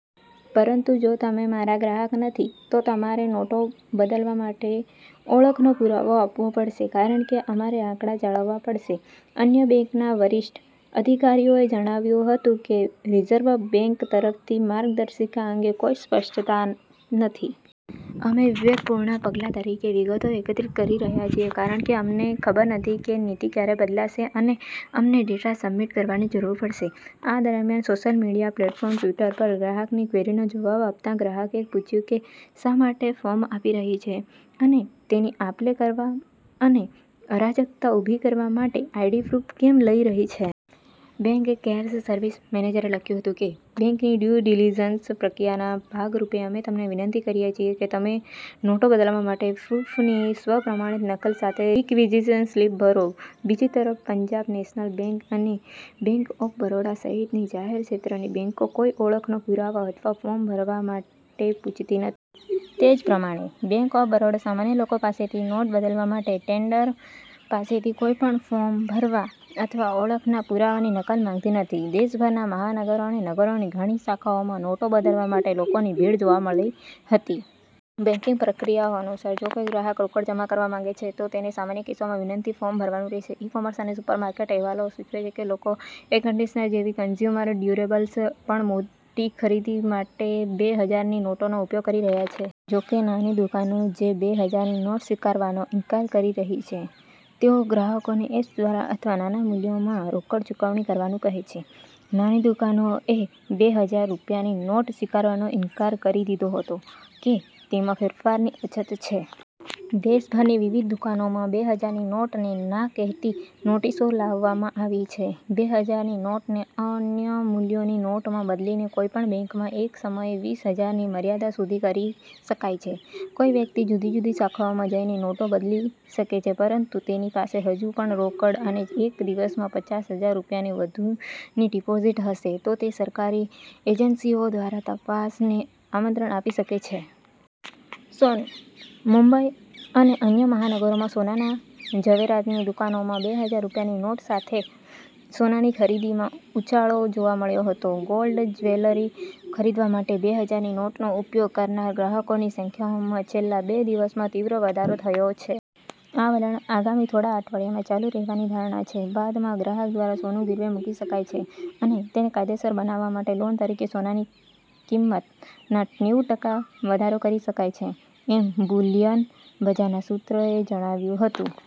પરંતુ જો તમે મારા ગ્રાહક નથી, તો તમારે નોટો બદલવા માટે ઓળખનો પુરાવો આપવો પડશે કારણ કે અમારે આંકડા જાળવવા પડશે. " અન્ય બેંકના વરિષ્ઠ અધિકારીએ જણાવ્યું હતું કે, "રિઝર્વ બેંક તરફથી માર્ગદર્શિકા અંગે કોઈ સ્પષ્ટતા નથી. અમે વિવેકપૂર્ણ પગલા તરીકે વિગતો એકત્રિત કરી રહ્યા છીએ કારણ કે અમને ખબર નથી કે નીતિ ક્યારે બદલાશે અને અમને ડેટા સબમિટ કરવાની જરૂર પડશે. " આ દરમિયાન, સોશિયલ મીડિયા પ્લેટફોર્મ ટ્વિટર પર ગ્રાહકની ક્વેરીનો જવાબ આપતાં ગ્રાહકે પૂછ્યું કે " શા માટે ફોર્મ આપી રહી છે અને તેની આપલે કરવા અને અરાજકતા ઊભી કરવા માટે આઈડી પ્રૂફ કેમ લઈ રહી છે?" બેંક કેર્સ સર્વિસ મેનેજરે લખ્યું હતું કે., "બેંકની ડ્યુ ડિલિજન્સ પ્રક્રિયાના ભાગ રૂપે, અમે તમને વિનંતી કરીએ છીએ કે તમે નોટો બદલવા માટે પ્રૂફની સ્વ-પ્રમાણિત નકલ સાથે રિક્વિઝિશન સ્લિપ ભરો. " બીજી તરફ, પંજાબ નેશનલ બેંક અને બેંક ઓફ બરોડા સહિતની જાહેર ક્ષેત્રની બેંકો કોઈ ઓળખનો પુરાવો અથવા ફોર્મ ભરવા માટે પૂછતી નથી. તે જ પ્રમાણે, બેંક ઓફ બરોડા સામાન્ય લોકો પાસેથી નોટ બદલવા માટે ટેન્ડરર પાસેથી કોઈપણ ફોર્મ ભરવા અથવા ઓળખના પુરાવાની નકલ માંગતી નથી. દેશભરના મહાનગરો અને નગરોની ઘણી શાખાઓમાં નોટો બદલવા માટે લોકોની ભીડ જોવા મળી હતી. બેંકિંગ પ્રક્રિયાઓ અનુસાર, જો કોઈ ગ્રાહક રોકડ જમા કરાવવા માંગે છે, તો તેણે સામાન્ય કેસોમાં વિનંતી ફોર્મ ભરવાનું રહેશે. ઈ-કોમર્સ અને સુપર માર્કેટ: અહેવાલો સૂચવે છે કે લોકો એર કંડિશનર જેવી કન્ઝ્યુમર ડ્યુરેબલ્સ પણ મોટી ખરીદી માટે બે હજારની નોટોનો ઉપયોગ કરી રહ્યા છે. જો કે, નાની દુકાનો જે બે હજારની નોટ સ્વીકારવાનો ઇનકાર કરી રહી છે તેઓ ગ્રાહકોને એપ્સ દ્વારા અથવા નાના મૂલ્યોમાં રોકડ ચૂકવણી કરવાનું કહે છે. નાની દુકાનોએ બે હજાર રૂપિયાની નોટ સ્વીકારવાનો ઇનકાર કરી દીધો હતો કે તેમાં ફેરફારની અછત છે. દેશભરની વિવિધ દુકાનોમાં બે હજારની નોટને 'ના' કહેતી નોટિસો લગાવવામાં આવી છે. બે હજાર ની નોટોને અન્ય મૂલ્યોની નોટોમાં બદલીને કોઈપણ બેંકમાં એક સમયે વીસ હજારની મર્યાદા સુધી કરી શકાય છે. કોઈ વ્યક્તિ જુદી જુદી શાખાઓમાં જઈને નોટો બદલી શકે છે પરંતુ તેની પાસે હજુ પણ રોકડ અને એક દિવસમાં પચાસ હજાર રૂપિયાથી વધુની ડિપોઝિટ હશે તો તે સરકારી એજન્સીઓ દ્વારા તપાસને આમંત્રણ આપી શકે છે. સોનું: મુંબઈ અને અન્ય મહાનગરોમાં સોનાના ઝવેરાતની દુકાનોમાં બે હજાર રૂપિયાની નોટો સાથે સોનાની ખરીદીમાં ઉછાળો જોવા મળ્યો હતો. ગોલ્ડ જ્વેલરી ખરીદવા માટે બે હજારની નોટનો ઉપયોગ કરનારા ગ્રાહકોની સંખ્યામાં છેલ્લા બે દિવસમાં તીવ્ર વધારો થયો છે. આ વલણ આગામી થોડા અઠવાડિયામાં ચાલુ રહેવાની ધારણા છે. બાદમાં ગ્રાહક દ્વારા સોનું ગીરવે મૂકી શકાય છે અને તેને કાયદેસર બનાવવા માટે લોન તરીકે સોનાની કિંમતના નેવું ટકા વધારો કરી શકાય છે, એમ બુલિયન બજારના સૂત્રએ જણાવ્યું હતું.